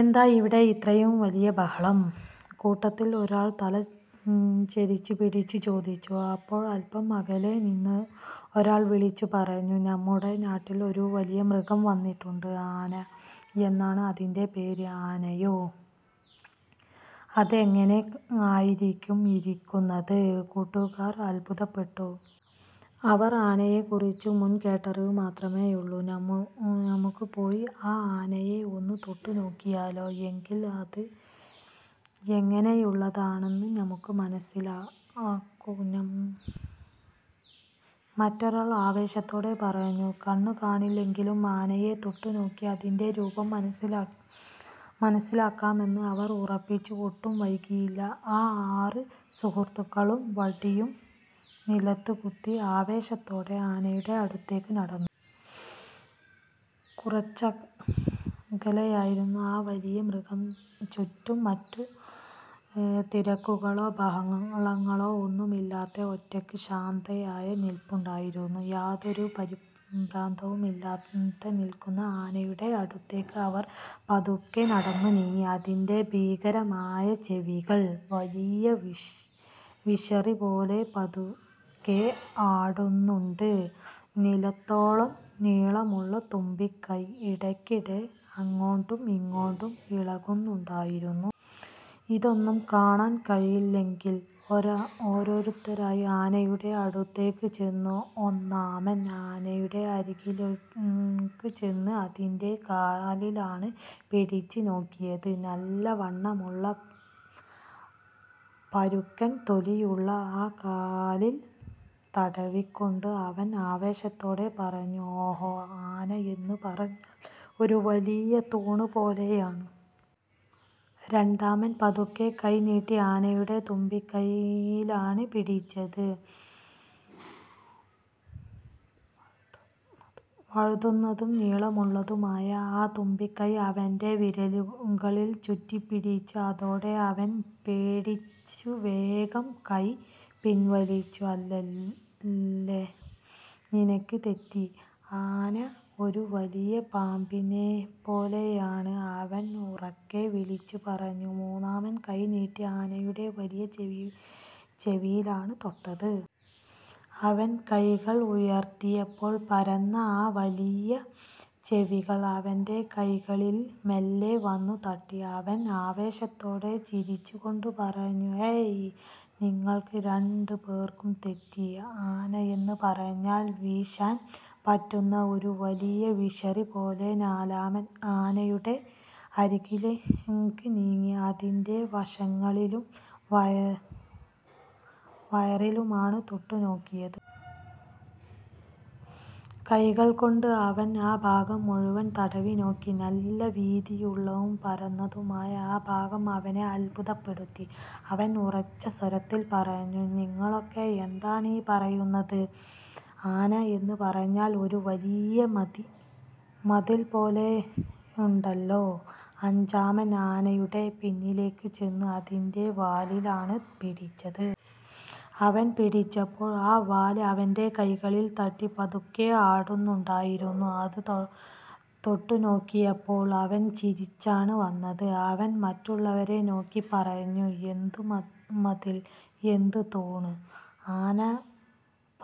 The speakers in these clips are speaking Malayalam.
"എന്താ ഇവിടെ ഇത്ര വലിയ ബഹളം? " കൂട്ടത്തിൽ ഒരാൾ തല ചരിച്ചു പിടിച്ച് ചോദിച്ചു. അപ്പോൾ അല്പം അകലെ നിന്നൊരാൾ വിളിച്ചു പറഞ്ഞു: "നമ്മുടെ നാട്ടിലൊരു വലിയ മൃഗം വന്നിട്ടുണ്ട്. ആന എന്നാണ് അതിന്റെ പേര്! " "ആനയോ? അതെങ്ങനെ ആയിരിക്കും ഇരിക്കുന്നത്? " കൂട്ടുകാർ അത്ഭുതപ്പെട്ടു. അവർക്ക് ആനയെക്കുറിച്ച് മുൻപ് കേട്ടറിവ് മാത്രമേയുള്ളൂ. "നമുക്ക് പോയി ആ ആനയെ ഒന്ന് തൊട്ടുനോക്കിയാലോ? എങ്കിലല്ലേ അത് എങ്ങനെയുള്ളതാണെന്ന് നമുക്ക് മനസ്സിലാകൂ! " മറ്റൊരാൾ ആവേശത്തോടെ പറഞ്ഞു. കണ്ണു കാണില്ലെങ്കിലും ആനയെ തൊട്ടുനോക്കി അതിന്റെ രൂപം മനസ്സിലാക്കാമെന്ന് അവർ ഉറപ്പിച്ചു. ഒട്ടും വൈകിയില്ല, ആ ആറ് സുഹൃത്തുക്കളും വടിയും നിലത്തുകുത്തി ആവേശത്തോടെ ആനയുടെ അടുത്തേക്ക് നടന്നു. കുറച്ചകലെയായി ആ വലിയ മൃഗം ചുറ്റും മറ്റ് തിരക്കുകളോ ബഹളങ്ങളോ ഒന്നുമില്ലാതെ ഒറ്റയ്ക്ക് ശാന്തനായി നിൽപ്പുണ്ടായിരുന്നു. യാതൊരു പരിഭ്രമവുമില്ലാതെ നിൽക്കുന്ന ആനയുടെ അടുത്തേക്ക് അവർ പതുക്കെ നടന്നുനീങ്ങി. അതിന്റെ ഭീമാകാരമായ ചെവികൾ വലിയ വിശറിപോലെ പതുക്കെ ആടുന്നുണ്ട്. നിലത്തോളം നീളമുള്ള തുമ്പിക്കൈ ഇടയ്ക്കിടെ അങ്ങോട്ടും ഇങ്ങോട്ടും ഇളകുന്നുണ്ടായിരുന്നു. ഇതൊന്നും കാണാൻ കഴിയില്ലെങ്കിലും ഓരോരുത്തരായി ആനയുടെ അടുത്തേക്ക് ചെന്നു. ഒന്നാമൻ ആനയുടെ അരികിലേക്ക് ചെന്ന് അതിന്റെ കാലിലാണ് പിടിച്ചു നോക്കിയത്. നല്ല വണ്ണമുള്ള, പരുക്കൻ തൊലിയുള്ള ആ കാലിൽ തടവിക്കൊണ്ട് അവൻ ആവേശത്തോടെ പറഞ്ഞു: "ഓഹോ! ആന എന്ന് പറഞ്ഞാൽ ഒരു വലിയ തൂണ് പോലെയാണല്ലോ! " രണ്ടാമൻ പതുക്കെ കൈനീട്ടി ആനയുടെ തുമ്പിക്കൈയിലാണ് പിടിച്ചത്. വഴുതുന്നതും നീളമുള്ളതുമായ ആ തുമ്പിക്കൈ അവന്റെ വിരലുകളിൽ ചുറ്റിപ്പിടിച്ചു. അതോടെ അവൻ പേടിച്ച് വേഗം കൈ പിൻവലിച്ചു. "അല്ലല്ല, നിനക്ക് തെറ്റി! ആന ഒരു വലിയ പാമ്പിനെപ്പോലെയാണ്! " അവൻ ഉറക്കെ വിളിച്ചുപറഞ്ഞു. മൂന്നാമൻ കൈനീട്ടി ആനയുടെ വലിയ ചെവിയിലാണ് തൊട്ടത്. അവൻ കൈകൾ ഉയർത്തിയപ്പോൾ പരന്ന ആ വലിയ ചെവികൾ അവന്റെ കൈകളിൽ മെല്ലെ വന്നു തട്ടി. അവൻ ആവേശത്തോടെ ചിരിച്ചു കൊണ്ട് പറഞ്ഞു: "ഏയ്, നിങ്ങൾക്ക് രണ്ടുപേർക്കും തെറ്റി! ആന എന്ന് പറഞ്ഞാൽ വീശാൻ പറ്റുന്ന ഒരു വലിയ വിശറി പോലെയാണ്. " നാലാമൻ ആനയുടെ അരികിലേക്ക് നീങ്ങി അതിന്റെ വശങ്ങളിലും വയറിലുമാണ് തൊട്ടു നോക്കിയത്. കൈകൾ കൊണ്ട് അവൻ ആ ഭാഗം മുഴുവൻ തടവി നോക്കി. നല്ല വീതിയുള്ളതും പരന്നതുമായ ആ ഭാഗം അവനെ അത്ഭുതപ്പെടുത്തി. അവൻ ഉറച്ച സ്വരത്തിൽ പറഞ്ഞു, "നിങ്ങളൊക്കെ എന്താണ് ഈ പറയുന്നത്? ആന എന്ന് പറഞ്ഞാൽ ഒരു വലിയ മതിൽ പോലെയുണ്ടല്ലോ! " അഞ്ചാമൻ ആനയുടെ പിന്നിലേക്ക് ചെന്ന് അതിന്റെ വാലിലാണ് പിടിച്ചത്. അവൻ പിടിച്ചപ്പോൾ ആ വാല് അവന്റെ കൈകളിൽ തട്ടി പതുക്കെ ആടുന്നുണ്ടായിരുന്നു. അത് തൊട്ടുനോക്കിയപ്പോൾ അവന് ചിരിയാണ് വന്നത്. അവൻ മറ്റുള്ളവരെ നോക്കി പറഞ്ഞു, "എന്ത് മതിൽ? എന്ത് തൂണ്? ആന എന്ന്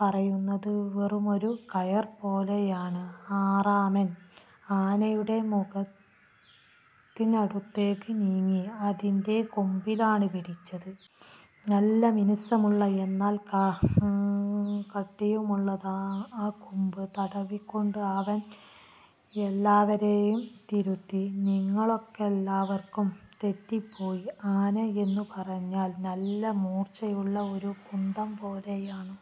പറയുന്നത് വെറുമൊരു കയറ് പോലെയാണ്! " ആറാമൻ ആനയുടെ മുഖത്തിനടുത്തേക്ക് നീങ്ങി അതിന്റെ കൊമ്പിലാണ് പിടിച്ചത്. നല്ല മിനുസമുള്ളതും എന്നാൽ കട്ടിയുള്ളതുമായ ആ കൊമ്പിൽ തടവിക്കൊണ്ട് അവൻ എല്ലാവരെയും തിരുത്തി. "നിങ്ങൾക്കെല്ലാവർക്കും തെറ്റിപ്പോയി! ആന എന്ന് പറഞ്ഞാൽ നല്ല മൂർച്ചയുള്ള ഒരു കുന്തം പോലെയാണ്!